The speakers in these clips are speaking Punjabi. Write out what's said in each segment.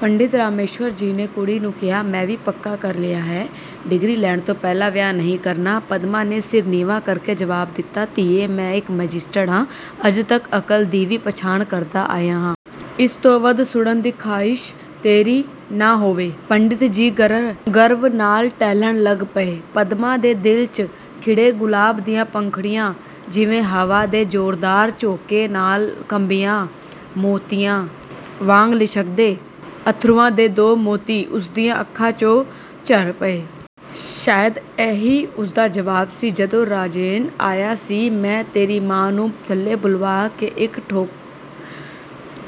ਪੰਡਿਤ ਰਾਮੇਸ਼੍ਵਰ ਜੀ ਨੇ ਕੁੜੀ ਨੂੰ ਕਿਹਾ, "ਮੈਂ ਵੀ ਪੱਕਾ ਕਰ ਲਿਆ ਹੈ, ਡਿਗਰੀ ਲੈਣ ਤੋਂ ਪਹਿਲਾਂ ਵਿਆਹ ਨਹੀਂ ਕਰਨਾ।" ਪਦਮਾ ਨੇ ਸਿਰ ਨੀਵਾਂ ਕਰਕੇ ਜਵਾਬ ਦਿੱਤਾ। "ਧੀਏ, ਮੈਂ ਇੱਕ ਮੈਜਿਸਟ੍ਰੇਟ ਹਾਂ, ਅੱਜ ਤੱਕ ਅਕਲ ਦੀ ਹੀ ਪਛਾਣ ਕਰਦਾ ਆਇਆ ਹਾਂ। ਇਸ ਤੋਂ ਵੱਧ ਸੁਣਨ ਦੀ ਖ਼ਾਹਿਸ਼ ਤੇਰੀ ਨਾ ਹੋਵੇ," ਪੰਡਿਤ ਜੀ ਗਰਵ ਨਾਲ਼ ਟਹਿਲਣ ਲੱਗ ਪਏ। ਪਦਮਾ ਦੇ ਦਿਲ 'ਚ ਖਿੜੇ ਗੁਲਾਬ ਦੀਆਂ ਪੰਖੜੀਆਂ ਜਿਵੇਂ ਹਵਾ ਦੇ ਜ਼ੋਰਦਾਰ ਝੋਂਕੇ ਨਾਲ਼ ਕੰਬੀਆਂ, ਮੋਤੀਆਂ ਵਾਂਗ ਲਿਸ਼ਕਦੇ ਅਥਰੂਆਂ ਦੇ ਦੋ ਮੋਤੀ ਉਸਦੀਆਂ ਅੱਖਾਂ 'ਚੋਂ ਝਰ ਪਏ। ਸ਼ਾਇਦ ਇਹੀ ਉਸਦਾ ਜਵਾਬ ਸੀ! "ਜਦੋਂ ਰਾਜੇਨ ਆਇਆ ਸੀ ਮੈਂ ਤੇਰੀ ਮਾਂ ਨੂੰ ਥੱਲੇ ਬੁਲਵਾ ਕੇ ਇੱਕ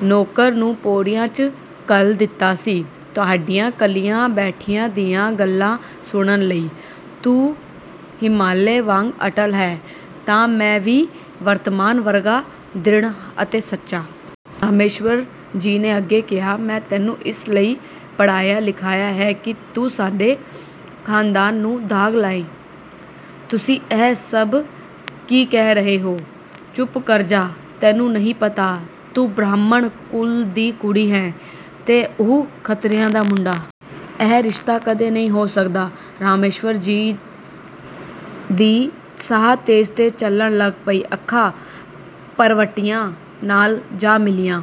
ਨੌਕਰ ਨੂੰ ਪੌੜੀਆਂ 'ਚ ਘੱਲ ਦਿੱਤਾ ਸੀ, ਤੁਹਾਡੀਆਂ ਕੱਲੀਆਂ ਬੈਠਿਆਂ ਦੀਆਂ ਗੱਲਾਂ ਸੁਣਨ ਲਈ। ਤੂੰ ਹਿਮਾਲੇ ਵਾਂਗ ਅਟੱਲ ਹੈਂ ਤਾਂ ਮੈਂ ਵੀ ਵਰਤਮਾਨ ਵਰਗਾ ਦ੍ਰਿੜ੍ਹ ਅਤੇ ਸੱਚਾ।" ਰਾਮੇਸ਼੍ਵਰ ਜੀ ਨੇ ਅੱਗੇ ਕਿਹਾ, "ਮੈਂ ਤੈਨੂੰ ਇਸ ਲਈ ਪੜ੍ਹਾਇਆ-ਲਿਖਾਇਆ ਹੈ ਕਿ ਤੂੰ ਸਾਡੇ ਖਾਨਦਾਨ ਨੂੰ ਦਾਗ ਲਾਏਂ?" "ਤੁਸੀਂ ਇਹ ਸਭ ਕੀ ਕਹਿ ਰਹੇ ਹੋ?" "ਚੁੱਪ ਕਰ ਜਾ! ਤੈਨੂੰ ਨਹੀਂ ਪਤਾ? ਤੂੰ ਬ੍ਰਾਹਮਣ ਕੁਲ ਦੀ ਕੁੜੀ ਹੈਂ 'ਤੇ ਉਹ ਖੱਤਰੀਆਂ ਦਾ ਮੁੰਡਾ। ਇਹ ਰਿਸ਼ਤਾ ਕਦੇ ਨਹੀਂ ਹੋ ਸਕਦਾ!" ਰਾਮੇਸ਼੍ਵਰ ਜੀ ਦੀ ਸਾਹ ਤੇਜ਼-ਤੇਜ਼ ਚੱਲਣ ਲੱਗੀ, ਅੱਖਾਂ ਭਰਵੱਟਿਆਂ ਨਾਲ਼ ਜਾ ਮਿਲੀਆਂ।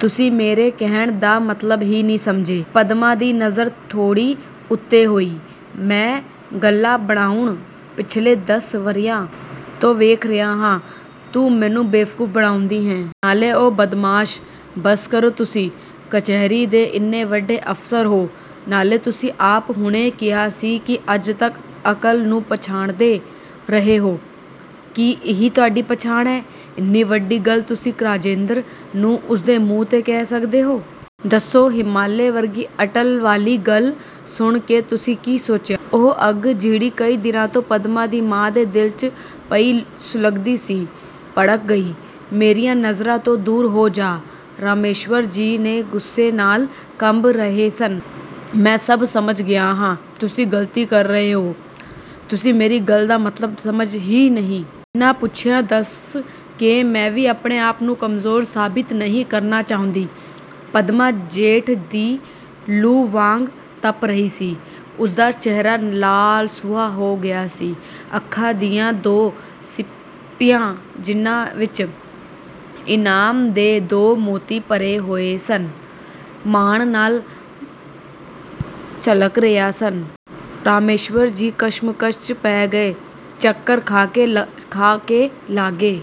"ਤੁਸੀਂ ਮੇਰੇ ਕਹਿਣ ਦਾ ਮਤਲਬ ਹੀ ਨਹੀਂ ਸਮਝੇ।" ਪਦਮਾ ਦੀ ਨਜ਼ਰ ਥੋੜ੍ਹੀ ਉੱਤੇ ਹੋਈ। "ਮੈਂ ਗੱਲਾਂ ਬਣਾਉਣਾ ਪਿੱਛਲੇ ਦੱਸ ਵਰ੍ਹਿਆਂ ਤੋਂ ਵੇਖ ਰਿਹਾ ਹਾਂ, ਤੂੰ ਮੈਨੂੰ ਬੇਵਕੂਫ਼ ਬਣਾਉਂਦੀ ਹੈਂ? ਨਾਲੇ ਉਹ ਬਦਮਾਸ਼" "ਬੱਸ ਕਰੋ, ਤੁਸੀਂ ਕਚਹਿਰੀ ਦੇ ਇੰਨੇ ਵੱਡੇ ਅਫ਼ਸਰ ਹੋ। ਨਾਲੇ ਤੁਸੀਂ ਆਪ ਹੁਣੇ ਕਿਹਾ ਸੀ ਕਿ ਅੱਜ ਤੱਕ ਅਕਲ ਨੂੰ ਪਛਾਣਦੇ ਰਹੇ ਹੋ, ਕੀ ਇਹੀ ਤੁਹਾਡੀ ਪਛਾਣ ਹੈ? ਇੰਨੀ ਵੱਡੀ ਗੱਲ ਤੁਸੀਂ ਰਾਜੇਂਦਰ ਨੂੰ, ਉਸਦੇ ਮੂੰਹ 'ਤੇ ਕਹਿ ਸਕਦੇ ਹੋ? ਦੱਸੋ! ਹਿਮਾਲੇ ਵਰਗੀ ਅਟੱਲ ਵਾਲੀ ਗੱਲ ਸੁਣ ਕੇ ਤੁਸੀਂ ਕੀ ਸੋਚਿਆ?" ਉਹ ਅੱਗ ਜਿਹੜੀ ਕਈ ਦਿਨਾਂ ਤੋਂ ਪਦਮਾ ਦੀ ਮਾਂ ਦੇ ਦਿਲ 'ਚ ਪਈ ਸੁਲਗਦੀ ਸੀ, ਭੜਕ ਗਈ! "ਮੇਰੀਆਂ ਨਜ਼ਰਾਂ ਤੋਂ ਦੂਰ ਹੋ ਜਾ," ਰਾਮੇਸ਼੍ਵਰ ਜੀ ਨੇ ਗੁੱਸੇ ਨਾਲ਼ ਕੰਬ ਰਹੇ ਸਨ, "ਮੈਂ ਸਭ ਸਮਝ ਗਿਆ ਹਾ" "ਤੁਸੀਂ ਗ਼ਲਤੀ ਕਰ ਰਹੇ ਹੋ, ਤੁਸੀਂ ਮੇਰੀ ਗੱਲ ਦਾ ਮਤਲਬ ਸਮਝੇ ਹੀ ਨਹੀਂ। ਬਿਨਾ ਪੁੱਛਿਆਂ ਦੱਸ ਕੇ ਮੈਂ ਵੀ ਆਪਣੇ-ਆਪ ਨੂੰ ਕਮਜ਼ੋਰ ਸਾਬਿਤ ਨਹੀਂ ਕਰਨਾ ਚਾਹੁੰਦੀ।" ਪਦਮਾ ਜੇਠ ਦੀ ਲੂ ਵਾਂਗ ਤੱਪ ਰਹੀ ਸੀ, ਉਸਦਾ ਚਿਹਰਾ ਲਾਲ-ਸੂਹਾ ਹੋ ਗਿਆ ਸੀ। ਅੱਖਾਂ ਦੀਆਂ ਦੋ ਸੀਪੀਆਂ, ਜਿਨ੍ਹਾਂ ਵਿੱਚ ਇਨਾਮ ਦੇ ਦੋ ਮੋਤੀ ਭਰੇ ਹੋਏ ਸਨ, ਮਾਣ ਨਾਲ਼ ਝਲ੍ਹਕ ਰਹੀਆਂ ਸਨ! ਰਾਮੇਸ਼੍ਵਰ ਜੀ ਕਸ਼ਮਕਸ਼ 'ਚ ਪੈ ਗਏ। ਚੱਕਰ ਖਾ ਕੇ ਲਾਗੇ